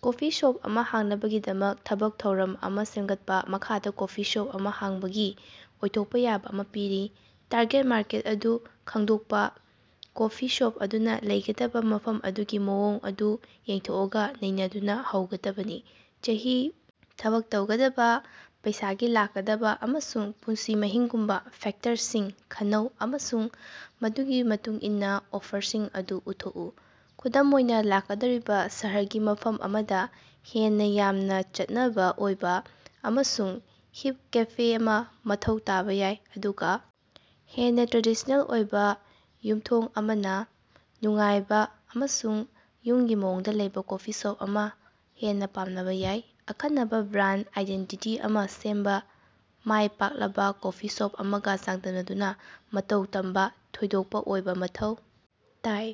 Coffee shop ꯑꯃ ꯍꯥꯡꯅꯕꯒꯤꯗꯃꯛ ꯊꯕꯛ ꯊꯧꯔꯝ ꯑꯃ ꯁꯦꯝꯒꯠꯄ꯫ ꯃꯈꯥꯗ ꯀꯣꯐꯤ ꯁꯣꯞ ꯑꯃ ꯍꯥꯡꯕꯒꯤ ꯑꯣꯏꯊꯣꯛꯄꯥ ꯌꯥꯕ ꯑꯃ ꯄꯤꯔꯤ ꯇꯥꯔꯒꯦꯠ ꯃꯥꯔꯀꯦꯠ ꯑꯗꯨ ꯈꯪꯗꯣꯛꯄ ꯀꯣꯐꯤ ꯁꯣꯞ ꯑꯗꯨꯅ ꯂꯩꯒꯗꯕ ꯃꯐꯝ ꯑꯗꯨꯒꯤ ꯃꯑꯣꯡ ꯑꯗꯨ ꯌꯦꯛꯊꯣꯛꯑꯒ ꯅꯩꯅꯗꯨꯅ ꯍꯧꯒꯗꯕꯅꯤ꯫ ꯆꯍꯤ, ꯊꯕꯛ ꯇꯧꯒꯗꯕ, ꯄꯩꯁꯥꯒꯤ ꯂꯥꯛꯀꯗꯕ ꯑꯃꯁꯨꯡ ꯄꯨꯟꯁꯤ ꯃꯍꯤꯡꯒꯨꯝꯕꯥ ꯐꯦꯛꯇꯔꯁꯤꯡ ꯈꯟꯅꯧ ꯑꯃꯁꯨꯡ ꯃꯗꯨꯒꯤ ꯃꯇꯨꯡꯏꯟꯅ ꯑꯣꯐꯔꯁꯤꯡ ꯑꯗꯨ ꯎꯠꯊꯣꯛꯎ꯫ ꯈꯨꯗꯝ ꯑꯣꯏꯅ ꯂꯥꯛꯀꯗꯧꯔꯤꯕꯥ ꯁꯍꯔꯒꯤ ꯃꯐꯝ ꯑꯃꯗ ꯍꯦꯟꯅ ꯌꯥꯝꯅ ꯆꯠꯅꯕ ꯑꯣꯏꯕ ꯑꯃꯁꯨꯡ ꯍꯤꯞ ꯀꯦꯐꯦ ꯑꯃ ꯃꯊꯧ ꯇꯥꯕ ꯌꯥꯏ ꯑꯗꯨꯒ ꯍꯦꯟꯅ ꯇ꯭ꯔꯦꯗꯤꯁꯅꯦꯜ ꯑꯣꯏꯕ ꯌꯨꯝ ꯊꯣꯡ ꯑꯃꯅ ꯅꯨꯡꯉꯥꯏꯕ ꯑꯃꯁꯨꯡ ꯌꯨꯝꯒꯤ ꯃꯑꯣꯡꯗ ꯂꯩꯕꯥ ꯀꯣꯐꯤ ꯁꯣꯞ ꯑꯃ ꯍꯦꯟꯅ ꯄꯥꯝꯅꯕ ꯌꯥꯏ꯫ ꯑꯈꯟꯅꯕ ꯕ꯭ꯔꯥꯟꯗ ꯑꯥꯏꯗꯦꯟꯇꯤꯇꯤ ꯑꯃꯥ ꯁꯦꯝꯕ ꯃꯥꯢ ꯄꯥꯛꯂꯕ ꯀꯣꯐꯤ ꯁꯣꯞ ꯑꯃꯒ ꯆꯥꯡꯗꯝꯅꯗꯨꯅ ꯃꯇꯧ ꯇꯝꯕ ꯊꯣꯏꯗꯣꯛꯄ ꯑꯣꯏꯕꯥ ꯃꯊꯧ ꯇꯥꯏ꯫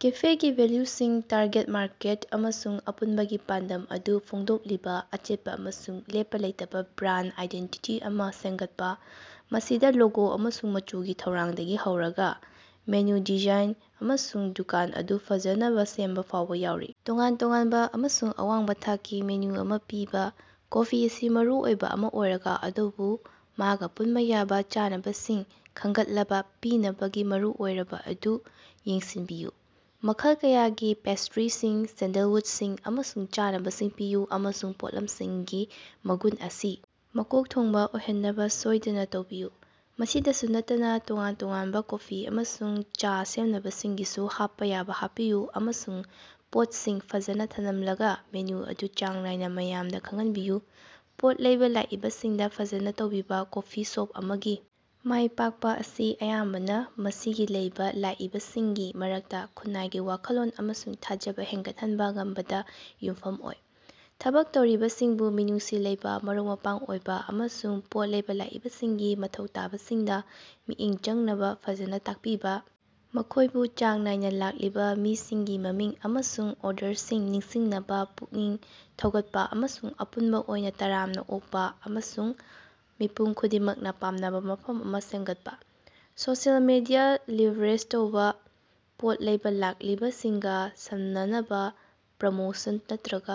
ꯀꯦꯐꯦꯒꯤ ꯚꯦꯜꯌꯨꯁꯤꯡ ꯇꯥꯔꯒꯦꯠ ꯃꯥꯔꯀꯦꯠ ꯑꯃꯁꯨꯡ ꯑꯄꯨꯟꯕꯒꯤ ꯄꯥꯟꯗꯝ ꯑꯗꯨ ꯐꯣꯡꯗꯣꯛꯂꯤꯕ ꯑꯆꯦꯠꯄ ꯑꯃꯁꯨꯡ ꯂꯦꯞꯄ ꯂꯩꯇꯕ ꯕ꯭ꯔꯥꯟꯗ ꯑꯥꯏꯗꯦꯟꯇꯤꯇꯤ ꯑꯃ ꯁꯦꯝꯒꯠꯄ꯫ ꯃꯁꯤꯗꯥ ꯂꯣꯒꯣ ꯑꯃꯁꯨꯡ ꯃꯆꯨꯒꯤ ꯊꯧꯔꯥꯡꯗꯒꯤ ꯍꯧꯔꯒꯥ ꯃꯦꯅꯨ ꯗꯤꯖꯥꯏꯟ ꯑꯃꯁꯨꯡ ꯗꯨꯀꯥꯟ ꯑꯗꯨ ꯐꯖꯅꯕ ꯁꯦꯝꯕ ꯐꯥꯎꯕ ꯌꯥꯎꯔꯤ꯫ ꯇꯣꯉꯥꯟ ꯇꯣꯉꯥꯟꯕ ꯑꯃꯁꯨꯡ ꯑꯋꯥꯡꯕ ꯊꯥꯛꯀꯤ ꯃꯦꯅꯨ ꯑꯃ ꯄꯤꯕꯥ꯫ ꯀꯣꯐꯤ ꯑꯁꯤ ꯃꯔꯨꯑꯣꯏꯕ ꯑꯃ ꯑꯣꯏꯔꯒ ꯑꯗꯨꯕꯨ ꯃꯥꯒ ꯄꯨꯟꯕ ꯌꯥꯕ ꯆꯥꯅꯕꯁꯤꯡ ꯈꯅꯒꯠꯂꯕ ꯄꯤꯅꯕꯒꯤ ꯃꯔꯨꯑꯣꯏꯔꯕꯥ ꯑꯗꯨ ꯌꯦꯡꯁꯤꯟꯕꯤꯎ꯫ ꯃꯈꯜ ꯀꯌꯥꯒꯤ ꯄꯦꯁꯇ꯭ꯔꯤꯁꯤꯡ, ꯁꯦꯟꯗꯜꯋꯨꯗꯁꯤꯡ ꯑꯃꯁꯨꯡ ꯆꯥꯅꯕꯁꯤꯡ ꯄꯤꯌꯨ ꯑꯃꯁꯨꯡ ꯄꯣꯠꯂꯝꯁꯤꯡꯒꯤ ꯃꯒꯨꯟ ꯑꯁꯤ ꯃꯀꯣꯛ ꯊꯣꯡꯕꯥ ꯑꯣꯏꯍꯟꯅꯕ ꯁꯣꯏꯗꯅꯥ ꯇꯧꯕꯤꯌꯨ꯫ ꯃꯁꯤꯗꯁꯨ ꯅꯠꯇꯅꯥ ꯇꯣꯉꯥꯟ-ꯇꯣꯉꯥꯟꯕꯥ ꯀꯣꯐꯤ ꯑꯃꯁꯨꯡ ꯆꯥ ꯁꯦꯝꯅꯕꯁꯤꯡꯒꯤꯁꯨ ꯍꯥꯞꯄ ꯌꯥꯕ ꯍꯥꯞꯄꯤꯌꯨ ꯑꯃꯁꯨꯡ ꯄꯣꯠꯁꯤꯡ ꯐꯖꯅ ꯊꯅꯝꯂꯒ ꯃꯦꯅꯨ ꯑꯗꯨ ꯆꯥꯡ ꯅꯥꯏꯅ ꯃꯌꯥꯝꯗ ꯈꯪꯍꯟꯕꯤꯌꯨ꯫ ꯄꯣꯠ ꯂꯩꯕ ꯂꯥꯛꯏꯕꯁꯤꯡꯗ ꯐꯖꯅ ꯇꯧꯕꯤꯕ ꯀꯣꯐꯤ ꯁꯣꯞ ꯑꯃꯒꯤ ꯃꯥꯢ ꯄꯥꯛꯄ ꯑꯁꯤ ꯑꯌꯥꯝꯕꯅ ꯃꯁꯤꯒꯤ ꯂꯩꯕ ꯂꯥꯛꯏꯕꯁꯤꯡꯒꯤ ꯃꯔꯛꯇ ꯈꯨꯟꯅꯥꯏꯒꯤ ꯋꯥꯈꯜꯂꯣꯟ ꯑꯃꯁꯨꯡ ꯊꯥꯖꯕꯥ ꯍꯦꯟꯒꯠꯍꯟꯕ ꯉꯝꯕꯗ ꯌꯨꯝꯐꯝ ꯑꯣꯏ꯫ ꯊꯕꯛ ꯇꯧꯔꯤꯕꯁꯤꯡꯕꯨ ꯃꯤꯅꯨꯡꯁꯤ ꯂꯩꯕꯥ ꯃꯔꯨꯞ-ꯃꯄꯥꯡ ꯑꯣꯏꯕ ꯑꯃꯁꯨꯡ ꯄꯣꯠ ꯂꯩꯕ ꯂꯥꯛꯏꯕꯁꯤꯡꯒꯤ ꯃꯊꯧ ꯇꯥꯕꯁꯤꯡꯗ ꯃꯤꯠꯌꯦꯡ ꯆꯪꯅꯕ ꯐꯖꯅ ꯇꯥꯛꯄꯤꯕ ꯫ ꯃꯈꯣꯏꯕꯨ ꯆꯥꯡ ꯅꯥꯏꯅ ꯂꯥꯛꯂꯤꯕ ꯃꯤꯁꯤꯡꯒꯤ ꯃꯃꯤꯡ ꯑꯃꯁꯨꯡ ꯑꯣꯔꯗꯔꯁꯤꯡ ꯅꯤꯡꯁꯤꯡꯅꯕ ꯄꯨꯛꯅꯤꯡ ꯊꯧꯒꯠꯄ ꯑꯃꯁꯨꯡ ꯑꯄꯨꯟꯕ ꯑꯣꯏꯅ ꯇꯔꯥꯝꯅ ꯑꯣꯛꯄ ꯑꯃꯁꯨꯡ ꯃꯤꯄꯨꯝ ꯈꯨꯗꯤꯡꯃꯛꯅ ꯄꯥꯝꯅꯕ ꯃꯐꯝ ꯑꯃ ꯁꯦꯝꯒꯠꯄꯥ꯫ ꯁꯣꯁꯤꯑꯦꯜ ꯃꯤꯗꯤꯌꯥ ꯂꯤꯚꯔꯦꯖ ꯇꯧꯕꯥ ꯄꯣꯠ ꯂꯩꯕ ꯂꯥꯛꯂꯤꯕꯁꯤꯡꯒ ꯁꯝꯅꯅꯕ ꯄ꯭ꯔꯃꯣꯁꯟ ꯅꯠꯇ꯭ꯔꯒ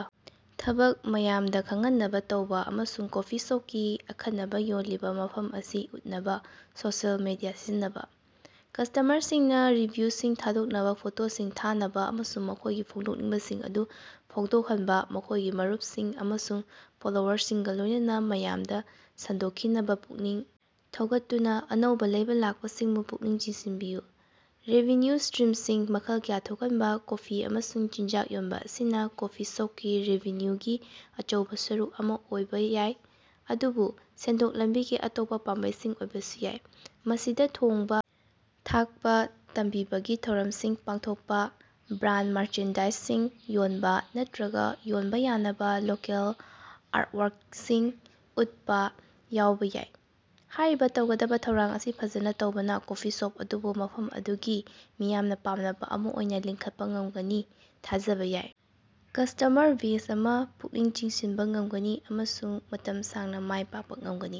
ꯊꯕꯛ ꯃꯌꯥꯝꯗ ꯈꯪꯍꯟꯅꯕ ꯇꯧꯕ ꯑꯃꯁꯨꯡ ꯀꯣꯐꯤ ꯁꯣꯞꯀꯤ ꯑꯈꯟꯅꯕ ꯌꯣꯟꯂꯤꯕ ꯃꯐꯝ ꯑꯁꯤ ꯎꯠꯅꯕ ꯁꯣꯁꯤꯑꯦꯜ ꯃꯤꯗꯤꯌꯥ ꯁꯤꯖꯤꯟꯅꯕꯥ꯫ ꯀꯁꯇꯃꯔꯁꯤꯡꯅꯥ ꯔꯤꯚꯤꯌꯨꯁꯤꯡ ꯊꯥꯗꯣꯛꯅꯕ ꯐꯣꯇꯣꯁꯤꯡ ꯊꯥꯅꯕ ꯑꯃꯁꯨꯡ ꯃꯈꯣꯏꯒꯤ ꯐꯣꯡꯗꯣꯛꯅꯤꯡꯕꯁꯤꯡ ꯑꯗꯨ ꯐꯣꯡꯗꯣꯛꯍꯟꯕ ꯃꯈꯣꯏꯒꯤ ꯃꯔꯨꯞꯁꯤꯡ ꯑꯃꯁꯨꯡ ꯐꯣꯂꯣꯋꯔꯁꯤꯡꯒ ꯂꯣꯏꯅꯅ ꯃꯌꯥꯝꯗ ꯁꯟꯗꯣꯛꯈꯤꯅꯕ ꯄꯨꯛꯅꯤꯡ ꯊꯧꯒꯠꯇꯨꯅ ꯑꯅꯧꯕ ꯂꯩꯕ ꯂꯥꯛꯄꯁꯤꯡꯕꯨ ꯄꯨꯛꯅꯤꯡ ꯆꯤꯡꯁꯤꯟꯕꯤꯌꯨ꯫ ꯔꯦꯚꯤꯅ꯭ꯌꯨ ꯁꯇ꯭ꯔꯤꯝꯁꯤꯡ ꯃꯈꯜ ꯀꯌꯥ ꯊꯣꯛꯍꯟꯕ ꯀꯣꯐꯤ ꯑꯃꯁꯨꯡ ꯆꯤꯟꯖꯥꯛ ꯌꯣꯟꯕ ꯑꯁꯤꯅ ꯀꯣꯐꯤ ꯁꯣꯞꯀꯤ ꯔꯦꯚꯤꯅ꯭ꯌꯨꯒꯤ ꯑꯆꯧꯕꯥ ꯁꯔꯨꯛ ꯑꯃ ꯑꯣꯏꯕ ꯌꯥꯏ ꯑꯗꯨꯕꯨ ꯁꯦꯟꯊꯣꯛ ꯂꯝꯕꯤꯒꯤ ꯑꯇꯣꯞꯄ ꯄꯥꯝꯕꯩꯁꯤꯡ ꯑꯣꯏꯕꯁꯨ ꯌꯥ꯫ ꯃꯁꯤꯗꯥ ꯊꯣꯡꯕ ꯊꯥꯛꯄ ꯇꯝꯕꯤꯕꯒꯤꯊꯧꯔꯝꯁꯤꯡ ꯄꯥꯡꯊꯣꯛꯄ ꯕ꯭ꯔꯥꯟꯗ ꯃꯥꯔꯆꯦꯟꯗꯥꯏꯖꯁꯤꯡ ꯌꯣꯟꯕ ꯅꯠꯇ꯭ꯔꯒ ꯌꯣꯟꯕ ꯌꯥꯅꯕ ꯂꯣꯀꯦꯜ ꯑꯥꯔꯇꯋꯥꯔ꯭ꯀꯁꯤꯡ ꯎꯠꯄ ꯌꯥꯎꯕ ꯌꯥꯏ꯫ ꯍꯥꯏꯔꯤꯕ ꯇꯧꯒꯗꯕ ꯊꯧꯔꯥꯡ ꯑꯁꯤ ꯐꯖꯅ ꯇꯧꯕꯅ ꯀꯣꯐꯤ ꯁꯣꯞ ꯑꯗꯨꯕꯨ ꯃꯐꯝ ꯑꯗꯨꯒꯤ ꯃꯤꯌꯥꯝꯅ ꯄꯥꯝꯅꯕ ꯑꯃ ꯑꯣꯏꯅ ꯂꯤꯡꯈꯠꯄ ꯉꯃꯒꯅꯤ ꯊꯥꯖꯕ ꯌꯥꯕ ꯀꯁꯇꯃꯔ ꯕꯦꯖ ꯑꯃ ꯄꯨꯛꯅꯤꯡ ꯆꯤꯡꯁꯤꯟꯕ ꯉꯝꯒꯅꯤ ꯑꯃꯁꯨꯡ ꯃꯇꯝ ꯁꯥꯡꯅ ꯃꯥꯏ ꯄꯥꯛꯄ ꯉꯝꯒꯅꯤ꯫